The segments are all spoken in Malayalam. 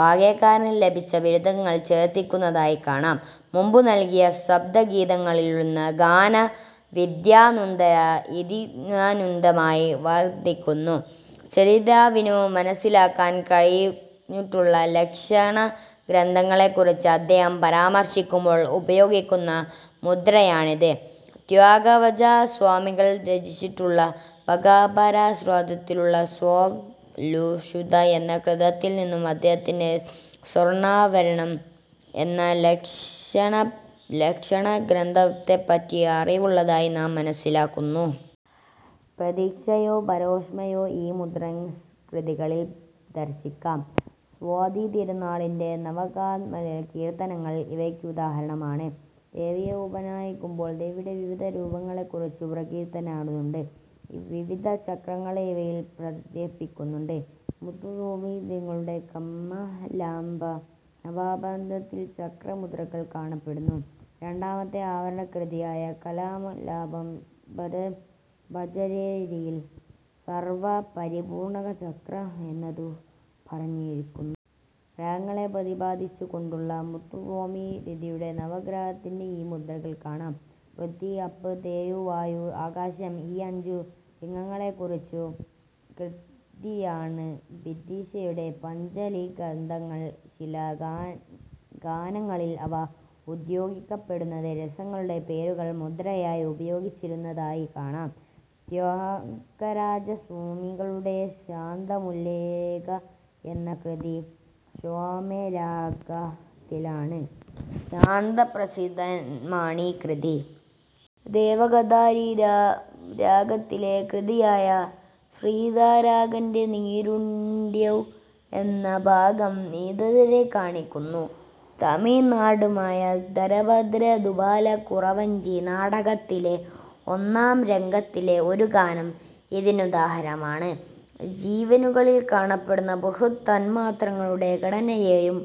വാഗ്ഗേയകാരന് ലഭിച്ച ബിരുദങ്ങൾ ചിലപ്പോൾ സാഹിത്യത്തിൽ ചേർത്തിരിക്കുന്നതായി കാണാം. മുമ്പു നൽകിയ സപ്തതാളഗീതത്തിലുള്ള ഗാനവിദ്യാധുരന്തര ഇതിനുദാഹരണമായി വർത്തിക്കുന്നു. രചയിതാവിനു മനസ്സിലാക്കാൻ കഴിഞ്ഞിട്ടുള്ള ലക്ഷണഗ്രന്ഥത്തെക്കുറിച്ച് അദ്ദേഹം പരാമർശിക്കുമ്പോൾ ഉപയോഗിക്കുന്ന മുദ്രയാണിത്. ത്യാഗരാജസ്വാമികൾ രചിച്ചിട്ടുള്ള ശങ്കരാഭരണരാഗത്തിലുള്ള സ്വരരാഗസുധ എന്ന കൃതിയിൽനിന്നും അദ്ദേഹത്തിന് സ്വരാർണവം എന്ന ലക്ഷണഗ്രന്ഥത്തെപ്പറ്റി അറിവുള്ളതായി നാം മനസ്സിലാക്കുന്നു. പ്രത്യക്ഷമായോ പരോക്ഷമായോ ഈ മുദ്രകൾ കൃതികളിൽ ദർശിക്കാം. സ്വാതിതിരുനാളിന്റെ നവരത്നമാലിക കീർത്തനങ്ങൾ ഇവയ്ക്കുദാഹരണങ്ങളാണ്. ദേവിയെ ഉപാസിക്കുമ്പോൾ ദേവിയുടെ വിവിധ രൂപങ്ങളെക്കുറിച്ചു പ്രകീർത്തിക്കാറുണ്ട്. വിവിധ ചക്രങ്ങളെ ഇവയിൽ പ്രതിപാദിക്കാറുമുണ്ട്. മുത്തുസ്വാമിദീക്ഷിതരുടെ കമലാംബ നവാവരണത്തിൽ ചക്രമുദ്രകൾ കാണപ്പെടുന്നു. രണ്ടാമത്തെ ആവരണകൃതിയായ കമലാംബാം ഭജരേയിൽ സർവസപരിപൂരക ചക്ര എന്നെടുത്തു പറഞ്ഞിരിക്കുന്നു. ഗ്രഹങ്ങളെ പ്രതിപാദിച്ചുകൊണ്ടുള്ള മുത്തുസ്വാമിദീക്ഷിതരുടെ നവഗ്രഹകൃതികളിൽ ഈ മുദ്രകൾ കാണാം. പൃഥ്വി, അപ്പ്, തേയു, വായു, ആകാശം ഈ അഞ്ചു ലിംഗങ്ങളെക്കുറിക്കുന്ന കൃതികളാണ് ദീക്ഷിതരുടെ പഞ്ചലിംഗസ്ഥലകൃതികൾ. ചില ഗാനങ്ങളിൽ അവ ഉദ്യോതിപ്പിക്കുന്ന രസങ്ങളുടെ പേരുകൾ മുദ്രയായി ഉപയോഗിച്ചിരിക്കുന്നതായി കാണാം. ത്യാഗരാജസ്വാമികളുടെ ശാന്തമുലേക എന്ന കൃതി ശ്യാമരാഗത്തിലാണ്. ശാന്തരസപ്രധാനമാണീ കൃതി. ദേവഗാന്ധാരി രാഗത്തിലെ കൃതിയായ ക്ഷീരസാഗരയിലെ ധീരുഡൗ എന്ന ഭാഗം ധീരരസത്തെ കാണിക്കുന്നു. തമിഴ്നാടകമായ "ശരഭേദ്ര ഭൂപാല കുറവഞ്ചി നാടക"ത്തിലെ മൂന്നാംരംഗത്തിലെ ഒരു ഗാനം ഇതിനുദാഹരണമാണ്. ജീവികളിൽ കാണപ്പെടുന്ന ബൃഹത് തന്മാത്രകളുടെ ഘടനയേയും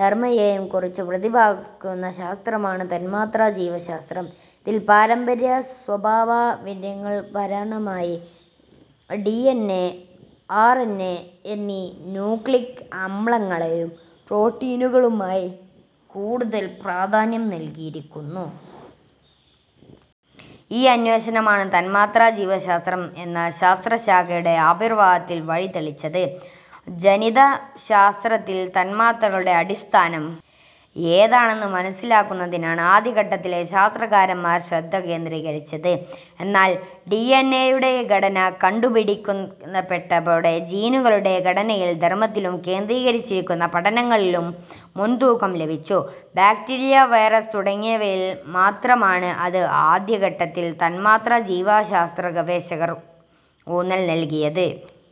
ധർമത്തേയും കുറിച്ചു പ്രതിപാദിക്കുന്ന ശാസ്ത്രമാണ് തന്മാത്രാ ജീവശാസ്ത്രം. ഇതിൽ പാരമ്പര്യ സ്വഭാവനിർണയത്തിനാധാരമായ ഡിഎൻഎ, ആർഎൻഎ എന്നീ ന്യൂക്ലിയിക അമ്ലങ്ങൾക്കും പ്രോട്ടീനുകൾക്കുമാണു കൂടുതൽ പ്രാധാന്യം നൽകിയിരിക്കുന്നത്. ഈ അന്വേഷണമാണ് തന്മാത്രാജീവശാസ്ത്രം എന്ന ശാസ്ത്രശാഖയുടെ ആവിർഭാവത്തിന് വഴി തെളിച്ചത്. ജനിതകശാസ്ത്രത്തിൽ തന്മാത്രകളുടെ അടിസ്ഥാനം എന്താണെന്നു മനസ്സിലാക്കുന്നതിനാണ് ആരംഭഘട്ടത്തിൽ ശാസ്ത്രകാരന്മാർ ശ്രദ്ധ കേന്ദ്രീകരിച്ചിരുന്നത്. എന്നാൽ ഡിഎൻഎയുടെ ഘടന കണ്ടുപിടിക്കപ്പെട്ടതോടെ ജീനുകളുടെ ഘടനയിലും ധർമത്തിലും കേന്ദ്രീകരിച്ചുള്ള പഠനങ്ങൾക്ക് മുൻതൂക്കം ലഭിച്ചു. ബാക്ടീരിയ, വൈറസ് തുടങ്ങിയവയിൽ മാത്രമായാണ് ആദ്യ ഘട്ടത്തിൽ തന്മാത്രാജീവശാസ്ത്ര ഗവേഷകർ ഊന്നൽ നൽകിയിരുന്നത്.